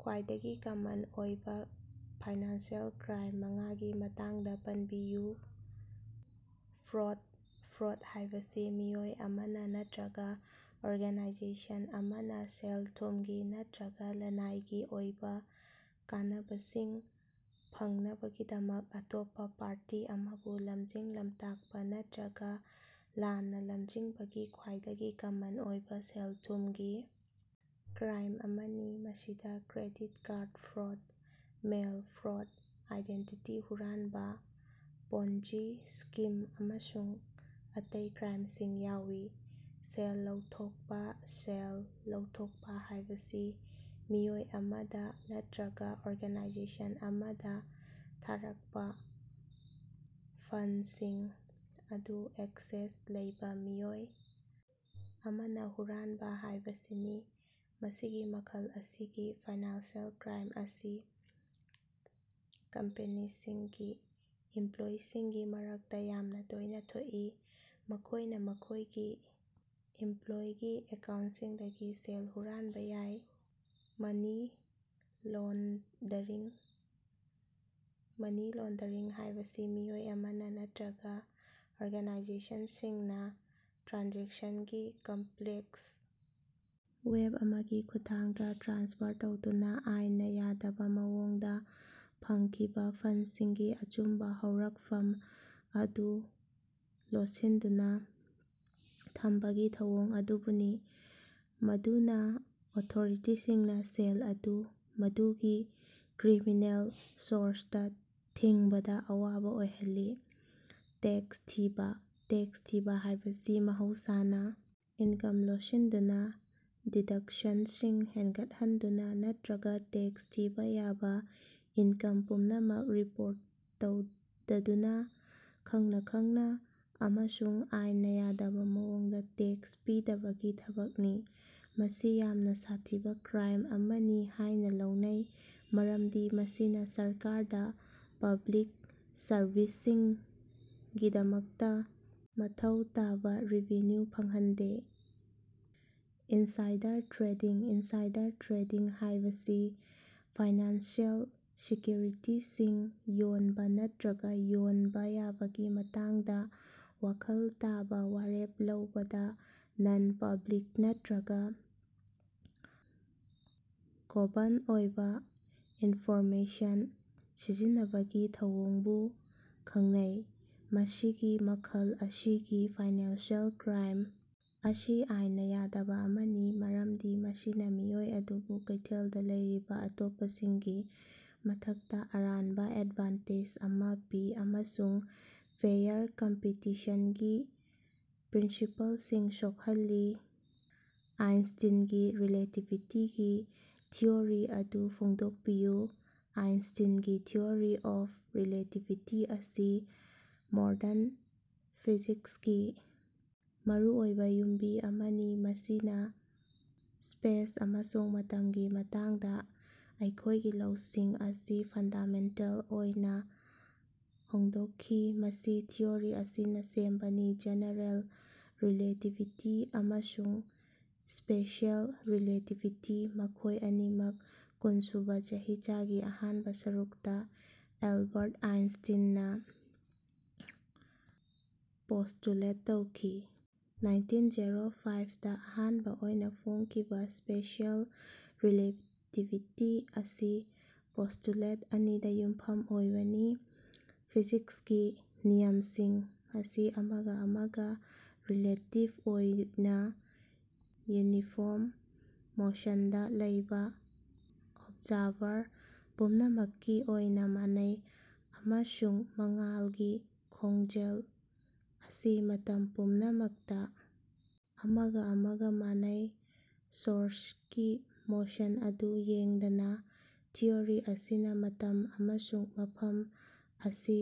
ꯈ꯭ꯋꯥꯏꯗꯒꯤ ꯀꯃꯟ ꯑꯣꯏꯕ financial crime ꯃꯉꯥꯒꯤ ꯃꯇꯥꯡꯗ ꯄꯟꯕꯤꯌꯨ꯫ ꯐ꯭ꯔꯣꯗ: ꯐ꯭ꯔꯣꯗ ꯍꯥꯏꯕꯁꯤ ꯃꯤꯑꯣꯏ ꯑꯃꯅ ꯅꯠꯇ꯭ꯔꯒ ꯑꯣꯔꯒꯥꯅꯥꯏꯖꯦꯁꯟ ꯑꯃꯅ ꯁꯦꯜ-ꯊꯨꯝꯒꯤ ꯅꯠꯇ꯭ꯔꯒ ꯂꯅꯥꯏꯒꯤ ꯑꯣꯏꯕ ꯀꯥꯟꯅꯕꯁꯤꯡ ꯐꯪꯅꯕꯒꯤꯗꯃꯛ ꯑꯇꯣꯞꯄ ꯄꯥꯔꯇꯤ ꯑꯃꯕꯨ ꯂꯝꯖꯤꯡ-ꯂꯝꯇꯥꯛꯄ ꯅꯠꯇ꯭ꯔꯒ ꯂꯥꯟꯅ ꯂꯝꯖꯤꯡꯕꯒꯤ ꯈ꯭ꯋꯥꯏꯗꯒꯤ ꯀꯃꯟ ꯑꯣꯏꯕ ꯁꯦꯜ-ꯊꯨꯝꯒꯤ ꯀ꯭ꯔꯥꯏꯝ ꯑꯃꯅꯤ꯫ ꯃꯁꯤꯗ credit card fraud, mail fraud, identity ꯍꯨꯔꯥꯟꯕ, ꯄꯣꯟꯖꯤ ꯁ꯭ꯀꯤꯝ ꯑꯃꯁꯨꯡ ꯑꯇꯩ ꯀ꯭ꯔꯥꯏꯝꯁꯤꯡ ꯌꯥꯎꯏ꯫ ꯁꯦꯜ ꯂꯧꯊꯣꯛꯄ: ꯁꯦꯜ ꯂꯧꯊꯣꯛꯄ ꯍꯥꯏꯕꯁꯤ ꯃꯤꯑꯣꯏ ꯑꯃꯗ ꯅꯠꯇ꯭ꯔꯒ ꯑꯣꯔꯒꯥꯅꯥꯏꯖꯦꯁꯟ ꯑꯃꯗ ꯊꯥꯔꯛꯄ ꯐꯟꯗꯁꯤꯡ ꯑꯗꯨ ꯑꯦꯛꯁꯦꯁ ꯂꯩꯕ ꯃꯤꯑꯣꯏ ꯑꯃꯅ ꯍꯨꯔꯥꯟꯕ ꯍꯥꯏꯕꯁꯤꯅꯤ꯫ ꯃꯁꯤꯒꯤ ꯃꯈꯜ ꯑꯁꯤꯒꯤ ꯐꯥꯏꯅꯥꯟꯁꯤꯑꯦꯜ ꯀ꯭ꯔꯥꯏꯝ ꯑꯁꯤ ꯀꯝꯄꯦꯅꯤꯁꯤꯡꯒꯤ ꯏꯝꯄ꯭ꯂꯣꯌꯤꯁꯤꯡꯒꯤ ꯃꯔꯛꯇ ꯌꯥꯝꯅ ꯇꯣꯏꯅ ꯊꯣꯛꯏ, ꯃꯈꯣꯏꯅ ꯃꯈꯣꯏꯒꯤ ꯏꯝꯄ꯭ꯂꯣꯌꯤꯒꯤ ꯑꯦꯀꯥꯎꯟꯇꯁꯤꯡꯗꯒꯤ ꯁꯦꯜ ꯍꯨꯔꯥꯟꯕ ꯌꯥꯏ꯫ ꯃꯅꯤ ꯂꯣꯟꯗꯔꯤꯡ: ꯃꯅꯤ ꯂꯣꯟꯗꯔꯤꯡ ꯍꯥꯏꯕꯁꯤ ꯃꯤꯑꯣꯏ ꯑꯃꯅ ꯅꯠꯇ꯭ꯔꯒ ꯑꯣꯔꯒꯥꯅꯥꯏꯖꯦꯁꯟꯁꯤꯡꯅ ꯇ꯭ꯔꯥꯟꯖꯦꯛꯁꯟꯒꯤ ꯀꯝꯄ꯭ꯂꯦꯛꯁ ꯋꯦꯕ ꯑꯃꯒꯤ ꯈꯨꯠꯊꯥꯡꯗ ꯇ꯭ꯔꯥꯟꯁꯐꯔ ꯇꯧꯗꯨꯅ ꯑꯥꯏꯟꯅ ꯌꯥꯗꯕ ꯃꯑꯣꯡꯗ ꯐꯪꯈꯤꯕ ꯐꯟꯗꯁꯤꯡꯒꯤ ꯑꯆꯨꯝꯕ ꯍꯧꯔꯛꯐꯝ ꯑꯗꯨ ꯂꯣꯠꯁꯤꯟꯗꯨꯅ ꯊꯝꯕꯒꯤ ꯊꯧꯑꯣꯡ ꯑꯗꯨꯕꯨꯅꯤ, ꯃꯗꯨꯅ ꯑꯣꯊꯣꯔꯤꯇꯤꯁꯤꯡꯅ ꯁꯦꯜ ꯑꯗꯨ ꯃꯗꯨꯒꯤ ꯀ꯭ꯔꯤꯃꯤꯅꯦꯜ ꯁꯣꯔꯁꯇ ꯊꯤꯡꯕꯗ ꯑꯋꯥꯕ ꯑꯣꯏꯍꯜꯂꯤ꯫ ꯇꯦꯛꯁ ꯊꯤꯕ: ꯇꯦꯛꯁ ꯊꯤꯕ ꯍꯥꯏꯕꯁꯤ ꯃꯍꯧꯁꯥꯅ ꯏꯟꯀꯝ ꯂꯣꯠꯁꯤꯟꯗꯨꯅ, ꯗꯤꯗꯛꯁꯟꯁꯤꯡ ꯍꯦꯟꯒꯠꯍꯟꯗꯨꯅ ꯅꯠꯇ꯭ꯔꯒ ꯇꯦꯛꯁ ꯊꯤꯕ ꯌꯥꯕ ꯏꯟꯀꯝ ꯄꯨꯝꯅꯃꯛ ꯔꯤꯄꯣꯔꯠ ꯇꯧꯗꯗꯨꯅ, ꯈꯪꯅ ꯈꯪꯅ ꯑꯃꯁꯨꯡ ꯑꯥꯏꯟꯅ ꯌꯥꯗꯕ ꯃꯑꯣꯡꯗ ꯇꯦꯛꯁ ꯄꯤꯗꯕꯒꯤ ꯊꯕꯛꯅꯤ꯫ ꯃꯁꯤ ꯌꯥꯝꯅ ꯁꯥꯊꯤꯕ ꯀ꯭ꯔꯥꯏꯝ ꯑꯃꯅꯤ ꯍꯥꯏꯅ ꯂꯧꯅꯩ, ꯃꯔꯝꯗꯤ ꯃꯁꯤꯅ ꯁꯔꯀꯥꯔꯗ ꯄꯕ꯭ꯂꯤꯛ ꯁꯔꯚꯤꯁꯁꯤꯡꯒꯤꯗꯃꯛꯇ ꯃꯊꯧ ꯇꯥꯕ ꯔꯦꯚꯤꯅ꯭ꯌꯨ ꯐꯪꯍꯟꯗꯦ꯫ ꯏꯟꯁꯥꯏꯗꯔ ꯇ꯭ꯔꯦꯗꯤꯡ: ꯏꯟꯁꯥꯏꯗꯔ ꯇ꯭ꯔꯦꯗꯤꯡ ꯍꯥꯏꯕꯁꯤ ꯐꯥꯏꯅꯥꯟꯁꯤꯑꯦꯜ ꯁꯦꯀ꯭ꯌꯨꯔꯤꯇꯤꯁꯤꯡ ꯌꯣꯟꯕ ꯅꯠꯇ꯭ꯔꯒ ꯌꯣꯟꯕ ꯌꯥꯕꯒꯤ ꯃꯇꯥꯡꯗ ꯋꯥꯈꯜ ꯇꯥꯕ ꯋꯥꯔꯦꯞ ꯂꯧꯕꯗ ꯅꯟ-ꯄꯕ꯭ꯂꯤꯛ ꯅꯠꯇ꯭ꯔꯒ ꯒꯣꯕꯟ ꯑꯣꯏꯕ ꯏꯟꯐꯣꯔꯃꯦꯁꯟ ꯁꯤꯖꯤꯟꯅꯕꯒꯤ ꯊꯧꯑꯣꯡꯕꯨ ꯈꯪꯅꯩ꯫ ꯃꯁꯤꯒꯤ ꯃꯈꯜ ꯑꯁꯤꯒꯤ ꯐꯥꯏꯅꯥꯟꯁꯤꯑꯦꯜ ꯀ꯭ꯔꯥꯏꯝ ꯑꯁꯤ ꯑꯥꯏꯟꯅ ꯌꯥꯗꯕ ꯑꯃꯅꯤ ꯃꯔꯝꯗꯤ ꯃꯁꯤꯅ ꯃꯤꯑꯣꯏ ꯑꯗꯨꯕꯨ ꯀꯩꯊꯦꯜꯗꯥ ꯂꯩꯔꯤꯕ ꯑꯇꯣꯞꯄꯁꯤꯡꯒꯤ ꯃꯊꯛꯇ ꯑꯔꯥꯟꯕ ꯑꯦꯗꯚꯥꯟꯇꯦꯖ ꯑꯃ ꯄꯤ ꯑꯃꯁꯨꯡ ꯐꯦꯌꯔ ꯀꯝꯄꯤꯇꯤꯁꯟꯒꯤ ꯄ꯭ꯔꯤꯟꯁꯤꯄꯜꯁꯤꯡ ꯁꯣꯛꯍꯜꯂꯤ꯫ ꯑꯥꯏꯟꯁꯇꯤꯟꯒꯤ ꯔꯤꯂꯦꯇꯤꯕꯤꯇꯤꯒꯤ ꯊꯤꯑꯣꯔꯤ ꯑꯗꯨ ꯐꯣꯡꯗꯣꯛꯄꯤꯌꯨ꯫ ꯑꯥꯏꯟꯁꯇꯤꯟꯒꯤ ꯊꯤꯑꯣꯔꯤ ꯑꯣꯐ ꯔꯤꯂꯦꯇꯤꯕꯤꯇꯤ ꯑꯁꯤ ꯃꯣꯔꯗꯟ ꯐꯤꯖꯤꯛꯁꯀꯤ ꯃꯔꯨꯑꯣꯏꯕ ꯌꯨꯝꯕꯤ ꯑꯃꯅꯤ, ꯃꯁꯤꯅ ꯁ꯭ꯄꯦꯁ ꯑꯃꯁꯨꯡ ꯃꯇꯝꯒꯤ ꯃꯇꯥꯡꯗ ꯑꯩꯈꯣꯏꯒꯤ ꯂꯧꯁꯤꯡ ꯑꯁꯤ ꯐꯟꯗꯥꯃꯦꯟꯇꯦꯜ ꯑꯣꯏꯅ ꯍꯣꯡꯗꯣꯛꯈꯤ꯫ ꯃꯁꯤ ꯊꯤꯑꯣꯔꯤ ꯑꯁꯤꯅ ꯁꯦꯝꯕꯅꯤ: ꯖꯦꯅꯦꯔꯦꯜ ꯔꯤꯂꯦꯇꯤꯕꯤꯇꯤ ꯑꯃꯁꯨꯡ ꯁ꯭ꯄꯦꯁꯤꯑꯦꯜ ꯔꯤꯂꯦꯇꯤꯕꯤꯇꯤ, ꯃꯈꯣꯏ ꯑꯅꯤꯃꯛ ꯀꯨꯟꯁꯨꯕ ꯆꯍꯤꯆꯥꯒꯤ ꯑꯍꯥꯟꯕ ꯁꯔꯨꯛꯇ ꯑꯦꯜꯕꯥꯔꯠ ꯑꯥꯏꯟꯁꯇꯤꯟꯅ ꯄꯣꯁꯇꯨꯂꯦꯠ ꯇꯧꯈꯤ꯫ ꯅꯥꯏꯟꯇꯤꯟ ꯖꯦꯔꯣ ꯐꯥꯏꯞꯗꯥ ꯑꯍꯥꯟꯕ ꯑꯣꯏꯅ ꯐꯣꯡꯈꯤꯕ ꯁ꯭ꯄꯦꯁꯤꯑꯦꯜ ꯔꯤꯂꯦꯇꯤꯕꯤꯇꯤ ꯑꯁꯤ ꯄꯣꯁꯇꯨꯂꯦꯠ ꯑꯅꯤꯗ ꯌꯨꯝꯐꯝ ꯑꯣꯏꯕꯅꯤ: ꯐꯤꯖꯤꯛꯁꯀꯤ ꯅꯤꯌꯝꯁꯤꯡ ꯑꯁꯤ ꯑꯃꯒ ꯑꯃꯒ ꯔꯤꯂꯦꯇꯤꯕ ꯑꯣꯏꯅ ꯌꯨꯅꯤꯐꯣꯔꯝ ꯃꯣꯁꯟꯗ ꯂꯩꯕ ꯑꯣꯕꯖꯥꯔꯚꯔ ꯄꯨꯝꯅꯃꯛꯀꯤ ꯑꯣꯏꯅ ꯃꯥꯟꯅꯩ, ꯑꯃꯁꯨꯡ ꯃꯉꯥꯜꯒꯤ ꯈꯣꯡꯖꯦꯜ ꯑꯁꯤ ꯃꯇꯝ ꯄꯨꯝꯅꯃꯛꯇ ꯑꯃꯒ ꯑꯃꯒ ꯃꯥꯟꯅꯩ, ꯁꯣꯔꯁꯀꯤ ꯃꯣꯁꯟ ꯑꯗꯨ ꯌꯦꯡꯗꯅ꯫ ꯊꯤꯑꯣꯔꯤ ꯑꯁꯤꯅ ꯃꯇꯝ ꯑꯃꯁꯨꯡ ꯃꯐꯝ ꯑꯁꯤ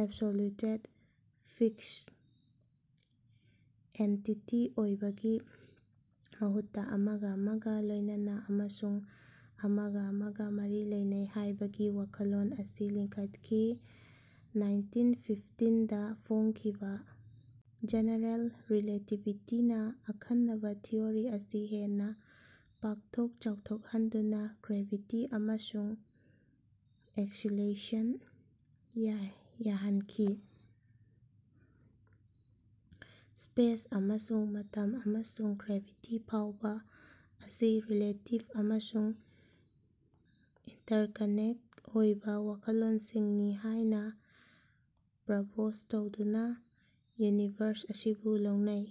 ꯑꯦꯕꯁꯣꯂ꯭ꯌꯨꯇꯦꯗ, ꯐꯤꯛꯁ ꯑꯦꯟꯇꯤꯇꯤ ꯑꯣꯏꯕꯒꯤ ꯃꯍꯨꯠꯇ ꯑꯃꯒ ꯑꯃꯒ ꯂꯣꯏꯅꯅ ꯑꯃꯁꯨꯡ ꯑꯃꯒ ꯑꯃꯒ ꯃꯔꯤ ꯂꯩꯅꯩ ꯍꯥꯏꯕꯒꯤ ꯋꯥꯈꯜꯂꯣꯟ ꯑꯁꯤ ꯂꯤꯡꯈꯠꯈꯤ꯫ ꯅꯥꯏꯟꯇꯤꯟ ꯐꯤꯐꯇꯤꯟꯗ ꯐꯣꯡꯈꯤꯕ ꯖꯦꯅꯦꯔꯦꯜ ꯔꯤꯂꯦꯇꯤꯕꯤꯇꯤꯅ ꯑꯈꯟꯅꯕ ꯊꯤꯑꯣꯔꯤ ꯑꯁꯤ ꯍꯦꯟꯅ ꯄꯥꯛꯊꯣꯛ ꯆꯥꯎꯊꯣꯛꯍꯟꯗꯨꯅ ꯒ꯭ꯔꯦꯚꯤꯇꯤ ꯑꯃꯁꯨꯡ ꯑꯦꯛꯁꯤꯂꯦꯁꯟ ꯌꯥꯏ ꯌꯥꯍꯟꯈꯤ꯫ ꯁ꯭ꯄꯦꯁ ꯑꯃꯁꯨꯡ ꯃꯇꯝ, ꯑꯃꯁꯨꯡ ꯒ꯭ꯔꯦꯚꯤꯇꯤ ꯐꯥꯎꯕ ꯑꯁꯤ ꯔꯤꯂꯦꯇꯤꯕ ꯑꯃꯁꯨꯡ ꯏꯟꯇꯔꯀꯅꯦꯛ ꯑꯣꯏꯕ ꯋꯥꯈꯜꯂꯣꯟꯁꯤꯡꯅꯤ ꯍꯥꯏꯅ ꯄ꯭ꯔꯄꯣꯖ ꯇꯧꯗꯨꯅ ꯌꯨꯅꯤꯚꯔꯁ ꯑꯁꯤꯕꯨ ꯂꯧꯅꯩ꯫